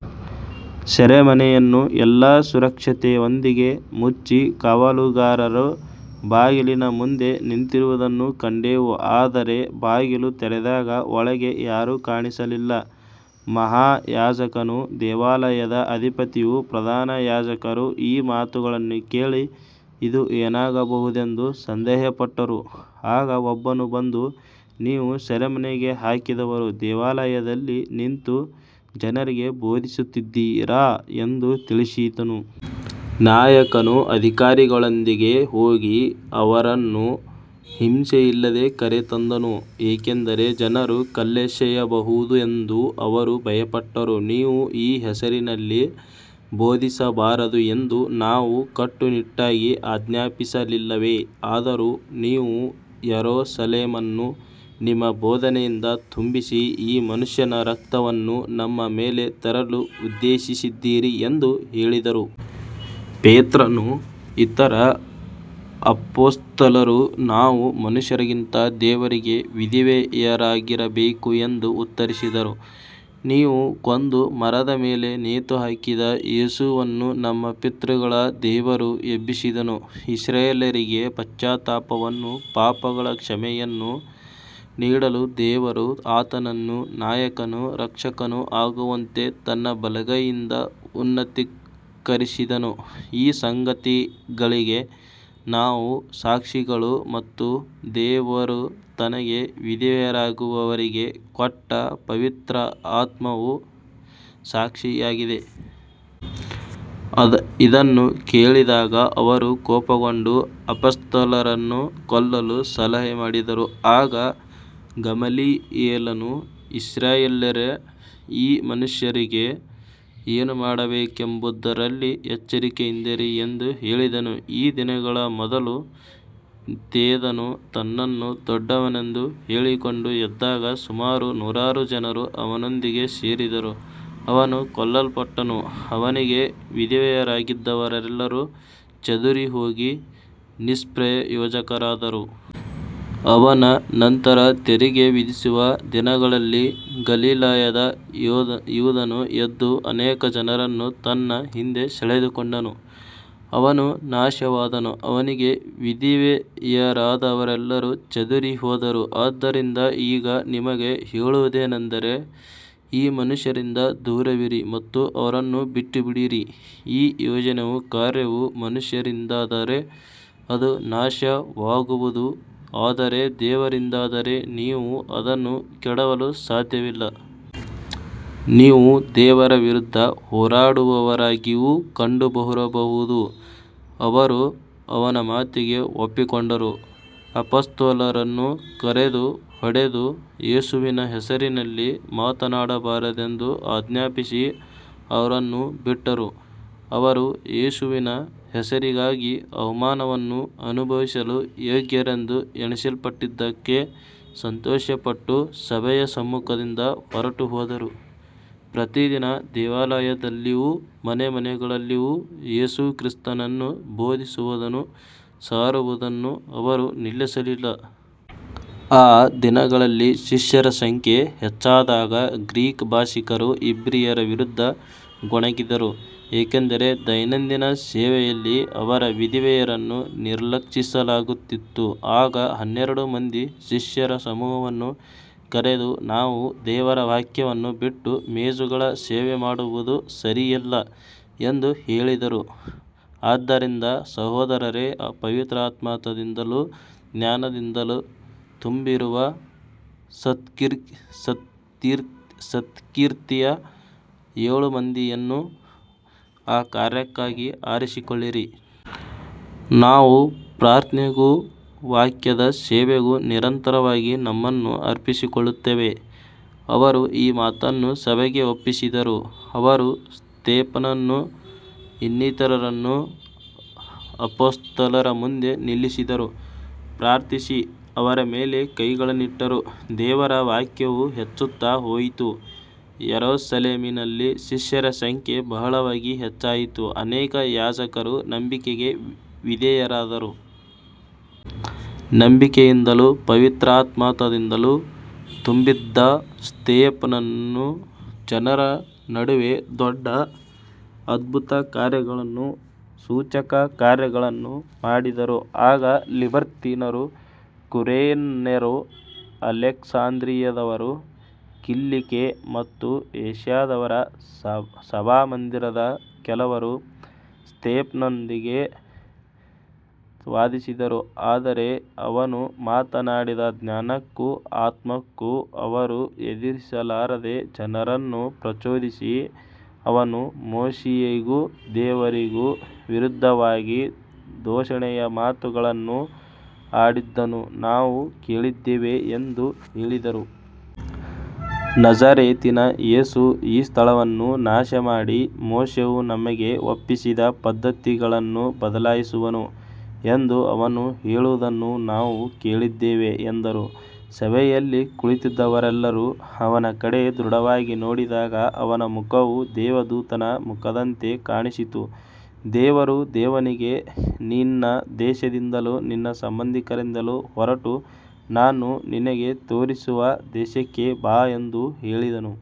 ಸೆರೆಮನೆಯನ್ನು ಎಲ್ಲಾ ಸುರಕ್ಷತೆಯೊಂದಿಗೆ ಮುಚ್ಚಿ, ಕಾವಲುಗಾರರು ಬಾಗಿಲಿನ ಮುಂದೆ ನಿಂತಿರುವುದನ್ನು ಕಂಡೆವು, ಆದರೆ ಬಾಗಿಲು ತೆರೆದಾಗ ಒಳಗೆ ಯಾರೂ ಕಾಣಿಸಲಿಲ್ಲ. ಮಹಾಯಾಜಕನೂ ದೇವಾಲಯದ ಅಧಿಪತಿಯೂ ಪ್ರಧಾನ ಯಾಜಕರೂ ಈ ಮಾತುಗಳನ್ನು ಕೇಳಿ, ಇದು ಏನಾಗಬಹುದೆಂದು ಸಂದೇಹಪಟ್ಟರು. ಆಗ ಒಬ್ಬನು ಬಂದು, ನೀವು ಸೆರೆಮನೆಗೆ ಹಾಕಿದವರು ದೇವಾಲಯದಲ್ಲಿ ನಿಂತು ಜನರಿಗೆ ಬೋಧಿಸುತ್ತಿದ್ದಾರೆ ಎಂದು ತಿಳಿಸಿದನು. ನಾಯಕನು ಅಧಿಕಾರಿಗಳೊಂದಿಗೆ ಹೋಗಿ ಅವರನ್ನು ಹಿಂಸೆಯಿಲ್ಲದೆ ಕರೆತಂದನು, ಏಕೆಂದರೆ ಜನರು ಕಲ್ಲೆಸೆಯಬಹುದೆಂದು ಅವರು ಭಯಪಟ್ಟರು. ನೀವು ಈ ಹೆಸರಿನಲ್ಲಿ ಬೋಧಿಸಬಾರದು ಎಂದು ನಾವು ಕಟ್ಟುನಿಟ್ಟಾಗಿ ಆಜ್ಞಾಪಿಸಲಿಲ್ಲವೇ, ಆದರೂ ನೀವು ಯೆರೂಸಲೇಮನ್ನು ನಿಮ್ಮ ಬೋಧನೆಯಿಂದ ತುಂಬಿಸಿ, ಈ ಮನುಷ್ಯನ ರಕ್ತವನ್ನು ನಮ್ಮ ಮೇಲೆ ತರಲು ಉದ್ದೇಶಿಸಿದ್ದೀರಿ ಎಂದು ಹೇಳಿದರು. ಪೇತ್ರನೂ ಇತರ ಅಪೊಸ್ತಲರೂ, ನಾವು ಮನುಷ್ಯರಿಗಿಂತ ದೇವರಿಗೆ ವಿಧೇಯರಾಗಿರಬೇಕು ಎಂದು ಉತ್ತರಿಸಿದರು. ನೀವು ಕೊಂದು ಮರದ ಮೇಲೆ ನೇತುಹಾಕಿದ ಯೇಸುವನ್ನು ನಮ್ಮ ಪಿತೃಗಳ ದೇವರು ಎಬ್ಬಿಸಿದನು. ಇಸ್ರಾಯೇಲ್ಯರಿಗೆ ಪಶ್ಚಾತ್ತಾಪವನ್ನೂ ಪಾಪಗಳ ಕ್ಷಮೆಯನ್ನೂ ನೀಡಲು ದೇವರು ಆತನನ್ನು ನಾಯಕನೂ ರಕ್ಷಕನೂ ಆಗುವಂತೆ ತನ್ನ ಬಲಗೈಯಿಂದ ಉನ್ನತೀಕರಿಸಿದನು. ಈ ಸಂಗತಿಗಳಿಗೆ ನಾವು ಸಾಕ್ಷಿಗಳು, ಮತ್ತು ದೇವರು ತನಗೆ ವಿಧೇಯರಾಗುವವರಿಗೆ ಕೊಟ್ಟ ಪವಿತ್ರಾತ್ಮವೂ ಸಾಕ್ಷಿಯಾಗಿದೆ. ಇದನ್ನು ಕೇಳಿದಾಗ ಅವರು ಕೋಪಗೊಂಡು ಅಪೊಸ್ತಲರನ್ನು ಕೊಲ್ಲಲು ಸಲಹೆ ಮಾಡಿದರು. ಆಗ ಗಮಲಿಯೇಲನು ಇಸ್ರಾಯೇಲ್ಯರೇ, ಈ ಮನುಷ್ಯರಿಗೆ ಏನು ಮಾಡಬೇಕೆಂಬುದರಲ್ಲಿ ಎಚ್ಚರಿಕೆಯಿಂದಿರಿ ಎಂದು ಹೇಳಿದನು. ಈ ದಿನಗಳ ಮೊದಲು ಥೇದನು ತನ್ನನ್ನು ದೊಡ್ಡವನೆಂದು ಹೇಳಿಕೊಂಡು ಎದ್ದಾಗ ಸುಮಾರು ನಾನೂರು ಜನರು ಅವನೊಂದಿಗೆ ಸೇರಿದರು. ಅವನು ಕೊಲ್ಲಲ್ಪಟ್ಟನು, ಅವನಿಗೆ ವಿಧೇಯರಾದವರೆಲ್ಲರೂ ಚದುರಿಹೋಗಿ ನಿಷ್ಪ್ರಯೋಜಕರಾದರು. ಅವನ ನಂತರ ತೆರಿಗೆ ವಿಧಿಸುವ ದಿನಗಳಲ್ಲಿ ಗಲಿಲಾಯದ ಯೂದನು ಎದ್ದು ಅನೇಕ ಜನರನ್ನು ತನ್ನ ಹಿಂದೆ ಸೆಳೆದುಕೊಂಡನು. ಅವನೂ ನಾಶವಾದನು, ಅವನಿಗೆ ವಿಧೇಯರಾದವರೆಲ್ಲರೂ ಚದುರಿಹೋದರು. ಆದ್ದರಿಂದ ಈಗ ನಿಮಗೆ ಹೇಳುವುದೇನೆಂದರೆ, ಈ ಮನುಷ್ಯರಿಂದ ದೂರವಿರಿ ಮತ್ತು ಅವರನ್ನು ಬಿಟ್ಟುಬಿಡಿರಿ. ಈ ಯೋಜನೆಯೂ ಕಾರ್ಯವೂ ಮನುಷ್ಯರಿಂದಾದರೆ ಅದು ನಾಶವಾಗುವುದು, ಆದರೆ ದೇವರಿಂದಾದರೆ ನೀವು ಅದನ್ನು ಕೆಡವಲು ಸಾಧ್ಯವಿಲ್ಲ. ನೀವು ದೇವರ ವಿರುದ್ಧ ಹೋರಾಡುವವರಾಗಿಯೂ ಕಂಡುಬರಬಹುದು. ಅವರು ಅವನ ಮಾತಿಗೆ ಒಪ್ಪಿಕೊಂಡರು. ಅಪೊಸ್ತಲರನ್ನು ಕರೆದು ಹೊಡೆದು, ಯೇಸುವಿನ ಹೆಸರಿನಲ್ಲಿ ಮಾತನಾಡಬಾರದೆಂದು ಆಜ್ಞಾಪಿಸಿ ಅವರನ್ನು ಬಿಟ್ಟರು. ಅವರು ಯೇಸುವಿನ ಹೆಸರಿಗಾಗಿ ಅವಮಾನವನ್ನು ಅನುಭವಿಸಲು ಯೋಗ್ಯರೆಂದು ಎಣಿಸಲ್ಪಟ್ಟದ್ದಕ್ಕೆ ಸಂತೋಷಪಟ್ಟು ಸಭೆಯ ಸಮ್ಮುಖದಿಂದ ಹೊರಟುಹೋದರು. ಪ್ರತಿದಿನ ದೇವಾಲಯದಲ್ಲಿಯೂ ಮನೆಮನೆಗಳಲ್ಲಿಯೂ ಯೇಸುಕ್ರಿಸ್ತನನ್ನು ಬೋಧಿಸುವುದನ್ನೂ ಸಾರುವುದನ್ನೂ ಅವರು ನಿಲ್ಲಿಸಲಿಲ್ಲ. ಆ ದಿನಗಳಲ್ಲಿ ಶಿಷ್ಯರ ಸಂಖ್ಯೆ ಹೆಚ್ಚಾದಾಗ ಗ್ರೀಕ್ ಭಾಷಿಕರು ಇಬ್ರಿಯರ ವಿರುದ್ಧ ಗೊಣಗಿದರು, ಏಕೆಂದರೆ ದೈನಂದಿನ ಸೇವೆಯಲ್ಲಿ ಅವರ ವಿಧವೆಯರನ್ನು ನಿರ್ಲಕ್ಷಿಸಲಾಗುತ್ತಿತ್ತು. ಆಗ ಹನ್ನೆರಡು ಮಂದಿ ಶಿಷ್ಯರ ಸಮೂಹವನ್ನು ಕರೆದು, ನಾವು ದೇವರ ವಾಕ್ಯವನ್ನು ಬಿಟ್ಟು ಮೇಜುಗಳ ಸೇವೆ ಮಾಡುವುದು ಸರಿಯಲ್ಲ ಎಂದು ಹೇಳಿದರು. ಆದ್ದರಿಂದ ಸಹೋದರರೇ, ಪವಿತ್ರಾತ್ಮದಿಂದಲೂ ಜ್ಞಾನದಿಂದಲೂ ತುಂಬಿರುವ ಸತ್ಕೀರ್ತಿಯ ಏಳು ಮಂದಿಯನ್ನು ಈ ಕಾರ್ಯಕ್ಕಾಗಿ ಆರಿಸಿಕೊಳ್ಳಿರಿ. ನಾವು ಪ್ರಾರ್ಥನೆಗೂ ವಾಕ್ಯದ ಸೇವೆಗೂ ನಿರಂತರವಾಗಿ ನಮ್ಮನ್ನು ಅರ್ಪಿಸಿಕೊಳ್ಳುತ್ತೇವೆ. ಅವರು ಈ ಮಾತನ್ನು ಸಭೆಗೆ ಒಪ್ಪಿಸಿದರು. ಅವರು ಸ್ತೇಫನನನ್ನೂ ಇನ್ನಿತರರನ್ನು ಅಪೊಸ್ತಲರ ಮುಂದೆ ನಿಲ್ಲಿಸಿದರು. ಪ್ರಾರ್ಥಿಸಿ ಅವರ ಮೇಲೆ ಕೈಗಳನ್ನಿಟ್ಟರು. ದೇವರ ವಾಕ್ಯವು ಹೆಚ್ಚುತ್ತಾ ಹೋಯಿತು, ಯೆರೂಸಲೇಮಿನಲ್ಲಿ ಶಿಷ್ಯರ ಸಂಖ್ಯೆ ಬಹಳವಾಗಿ ಹೆಚ್ಚಾಯಿತು, ಅನೇಕ ಯಾಜಕರೂ ನಂಬಿಕೆಗೆ ವಿಧೇಯರಾದರು. ನಂಬಿಕೆಯಿಂದಲೂ ಪವಿತ್ರಾತ್ಮದಿಂದಲೂ ತುಂಬಿದ್ದ ಸ್ತೇಫನನು ಜನರ ನಡುವೆ ದೊಡ್ಡ ಅದ್ಭುತಕಾರ್ಯಗಳನ್ನೂ ಸೂಚಕಕಾರ್ಯಗಳನ್ನೂ ಮಾಡಿದನು. ಆಗ ಲಿಬರ್ತೀನರು, ಕುರೇನ್ಯರು, ಅಲೆಕ್ಸಾಂದ್ರಿಯದವರು, ಕಿಲಿಕ್ಯ ಮತ್ತು ಏಷ್ಯಾದವರ ಸಭಾಮಂದಿರದ ಕೆಲವರು ಸ್ತೇಫನನೊಂದಿಗೆ ವಾದಿಸಿದರು. ಆದರೆ ಅವನು ಮಾತನಾಡಿದ ಜ್ಞಾನಕ್ಕೂ ಆತ್ಮಕ್ಕೂ ಅವರು ಎದುರಿಸಲಾರದೆ, ಜನರನ್ನು ಪ್ರಚೋದಿಸಿ, ಅವನು ಮೋಶೆಯಿಗೂ ದೇವರಿಗೂ ವಿರುದ್ಧವಾಗಿ ದೂಷಣೆಯ ಮಾತುಗಳನ್ನು ಆಡಿದ್ದನ್ನು ನಾವು ಕೇಳಿದ್ದೇವೆ ಎಂದು ಹೇಳಿದರು. ನಜರೇತಿನ ಯೇಸು ಈ ಸ್ಥಳವನ್ನು ನಾಶಮಾಡಿ ಮೋಶೆಯು ನಮಗೆ ಒಪ್ಪಿಸಿದ ಪದ್ಧತಿಗಳನ್ನು ಬದಲಾಯಿಸುವನು ಎಂದು ಅವನು ಹೇಳುವುದನ್ನು ನಾವು ಕೇಳಿದ್ದೇವೆ ಎಂದರು. ಸಭೆಯಲ್ಲಿ ಕುಳಿತಿದ್ದವರೆಲ್ಲರೂ ಅವನ ಕಡೆ ದೃಢವಾಗಿ ನೋಡಿದಾಗ, ಅವನ ಮುಖವು ದೇವದೂತನ ಮುಖದಂತೆ ಕಾಣಿಸಿತು. ದೇವರು ಅವನಿಗೆ, ನಿನ್ನ ದೇಶದಿಂದಲೂ ನಿನ್ನ ಸಂಬಂಧಿಕರಿಂದಲೂ ಹೊರಟು, ನಾನು ನಿನಗೆ ತೋರಿಸುವ ದೇಶಕ್ಕೆ ಬಾ ಎಂದು ಹೇಳಿದನು.